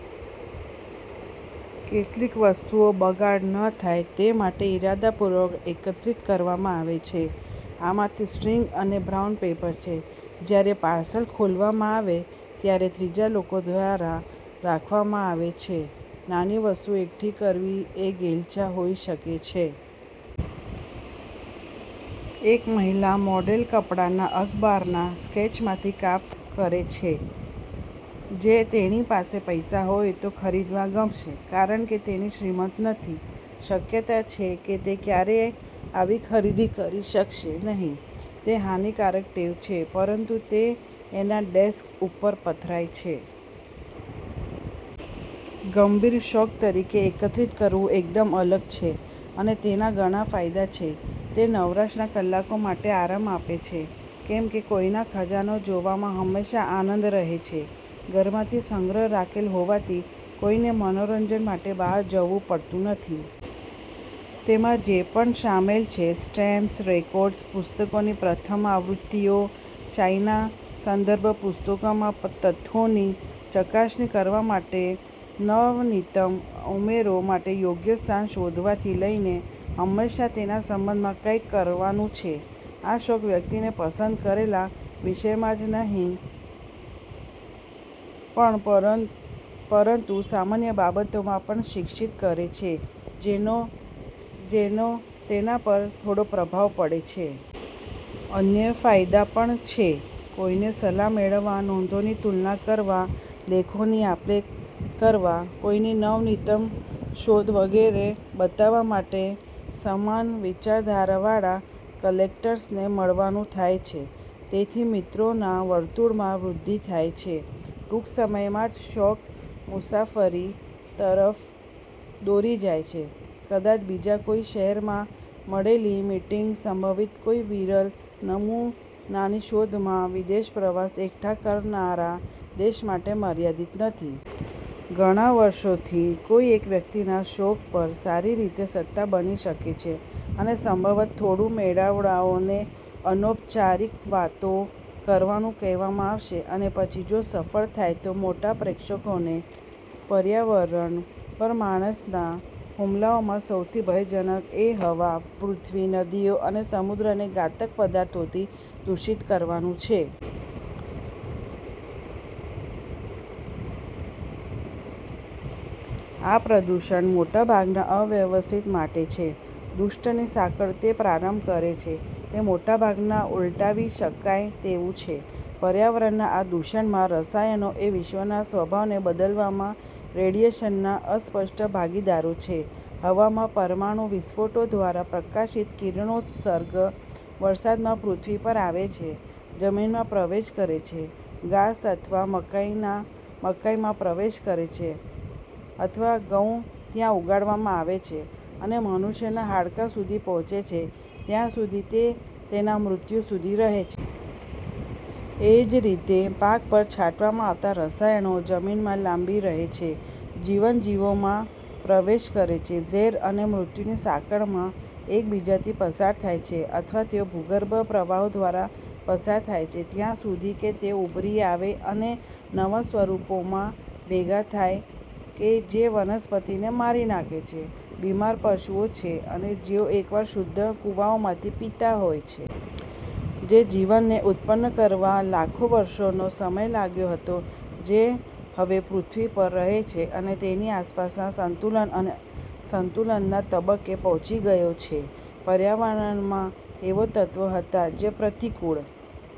કેટલીક વસ્તુઓ બગાડ ન થાય તે માટે ઇરાદાપૂર્વક એકત્રિત કરવામાં આવે છે. આમાંથી સ્ટ્રિંગ અને બ્રાઉન પેપર છે, જ્યારે પાર્સલ ખોલવામાં આવે ત્યારે ત્રીજા લોકો દ્વારા રાખવામાં આવે છે. નાની વસ્તુઓ એકઠી કરવી એ ઘેલછા હોઈ શકે છે. એક મહિલા મોડેલ કપડાના અખબારના સ્કેચમાંથી કાપ કરે છે જે તેણી પાસે પૈસા હોય તો ખરીદવા ગમશે. કારણ કે તેણી શ્રીમંત નથી, શક્યતા છે કે તે ક્યારેય આવી ખરીદી કરી શકશે નહીં. તે હાનિકારક ટેવ છે, પરંતુ તે તેના ડેસ્ક ઉપર પથરાય છે. ગંભીર શોખ તરીકે એકત્રિત કરવું એકદમ અલગ છે અને તેના ઘના ફાયદા છે. તે નવરાશના કલાકો માટે આરામ આપે છે, કેમ કે કોઈના ખજાનો જોવામાં હંમેશા આનંદ રહે છે. ઘરમાંથી સંગ્રહ રાખેલ હોવાથી કોઈને મનોરંજન માટે બહાર જવુ પડતું નથી. તેમાં જે પણ શામેલ છે સ્ટેમ્પ્સ, રેકોર્ડ્સ, પુસ્તકોની પ્રથમ આવૃત્તિઓ, ચાઇના સંદર્ભ પુસ્તકોમાં પતથ્થોની ચકાસણી કરવા માટે નવનીતમ ઉમેરો માટે યોગ્ય સ્થાન શોધવાથી લઈને, હંમેશાં તેના સંબંધમાં કંઈક કરવાનું છે. આ શોખ વ્યક્તિને પસંદ કરેલા વિષયમાં જ નહીં, પણ પરં પરંતુ સામાન્ય બાબતોમાં પણ શિક્ષિત કરે છે જેનો જેનો તેના પર થોડો પ્રભાવ પડે છે. અન્ય ફાયદા પણ છે. કોઈને સલાહ મેળવવા, નોંધોની તુલના કરવા, લેખોની આપે કરવા, કોઈની નવનીતમ શોધ વગેરે બતાવવા માટે સમાન વિચારધારાવાળા કલેક્ટર્સને મળવાનું થાય છે. તેથી, મિત્રોના વર્તુળમાં વૃદ્ધિ થાય છે. ટૂંક સમયમાં જ શોખ મુસાફરી તરફ દોરી જાય છે, કદાચ બીજા કોઈ શહેરમાં મળેલી મીટિંગ, સંભવિત કોઈ વિરલ નમૂનાની શોધમાં વિદેશ પ્રવાસ, એકઠા કરનારા દેશ માટે મર્યાદિત નથી. ઘણા વર્ષોથી કોઈ એક વ્યક્તિના શોખ પર સારી રીતે સત્તા બની શકે છે અને સંભવત થોડું મેળાવડાઓને અનૌપચારિક વાતો કરવાનું કહેવામાં આવશે અને પછી જો સફળ થાય તો મોટા પ્રેક્ષકોને. પર્યાવરણ પર માણસના હુમલાઓમાં સૌથી ભયજનક એ હવા, પૃથ્વી, નદીઓ અને સમુદ્રને ઘાતક પદાર્થોથી દૂષિત કરવાનું છે. આ પ્રદૂષણ મોટાભાગના અવ્યવસ્થિત માટે છે; દુષ્ટની સાંકળ તે પ્રારંભ કરે છે તે મોટાભાગના ઉલટાવી શકાય તેવું છે. પર્યાવરણના આ દૂષણમાં રસાયણો એ વિશ્વના સ્વભાવને બદલવામાં રેડિયેશનના અસ્પષ્ટ ભાગીદારો છે; હવામાં પરમાણુ વિસ્ફોટો દ્વારા પ્રકાશિત કિરણોત્સર્ગ, વરસાદમાં પૃથ્વી પર આવે છે, જમીનમાં પ્રવેશ કરે છે, ઘાસ અથવા મકાઈના મકાઈમાં પ્રવેશ કરે છે અથવા ઘઉં ત્યાં ઉગાડવામાં આવે છે અને મનુષ્યના હાડકાં સુધી પહોંચે છે, ત્યાં સુધી તે તેના મૃત્યુ સુધી રહે છે. એ જ રીતે, પાક પર છાંટવામાં આવતા રસાયણો, જમીનમાં લાંબી રહે છે, જીવંત જીવોમાં પ્રવેશ કરે છે, ઝેર અને મૃત્યુની સાંકળમાં એક બીજાથી પસાર થાય છે. અથવા તેઓ ભૂગર્ભ પ્રવાહો દ્વારા પસાર થાય છે ત્યાં સુધી કે તેઓ ઉભરી આવે અને નવા સ્વરૂપોમાં ભેગા થાય કે જે વનસ્પતિને મારી નાખે છે, બીમાર પશુઓ છે અને જેઓ એકવાર શુદ્ધ કુવાઓમાંથી પીતા હોય છે. જે જીવનને ઉત્પન્ન કરવા લાખો વર્ષોનો સમય લાગ્યો હતો જે હવે પૃથ્વી પર રહે છે અને તેની આસપાસના સંતુલન અને સંતુલનના તબક્કે પહોંચી ગયો છે. પર્યાવરણમાં એવો તત્વ હતા જે પ્રતિકૂળ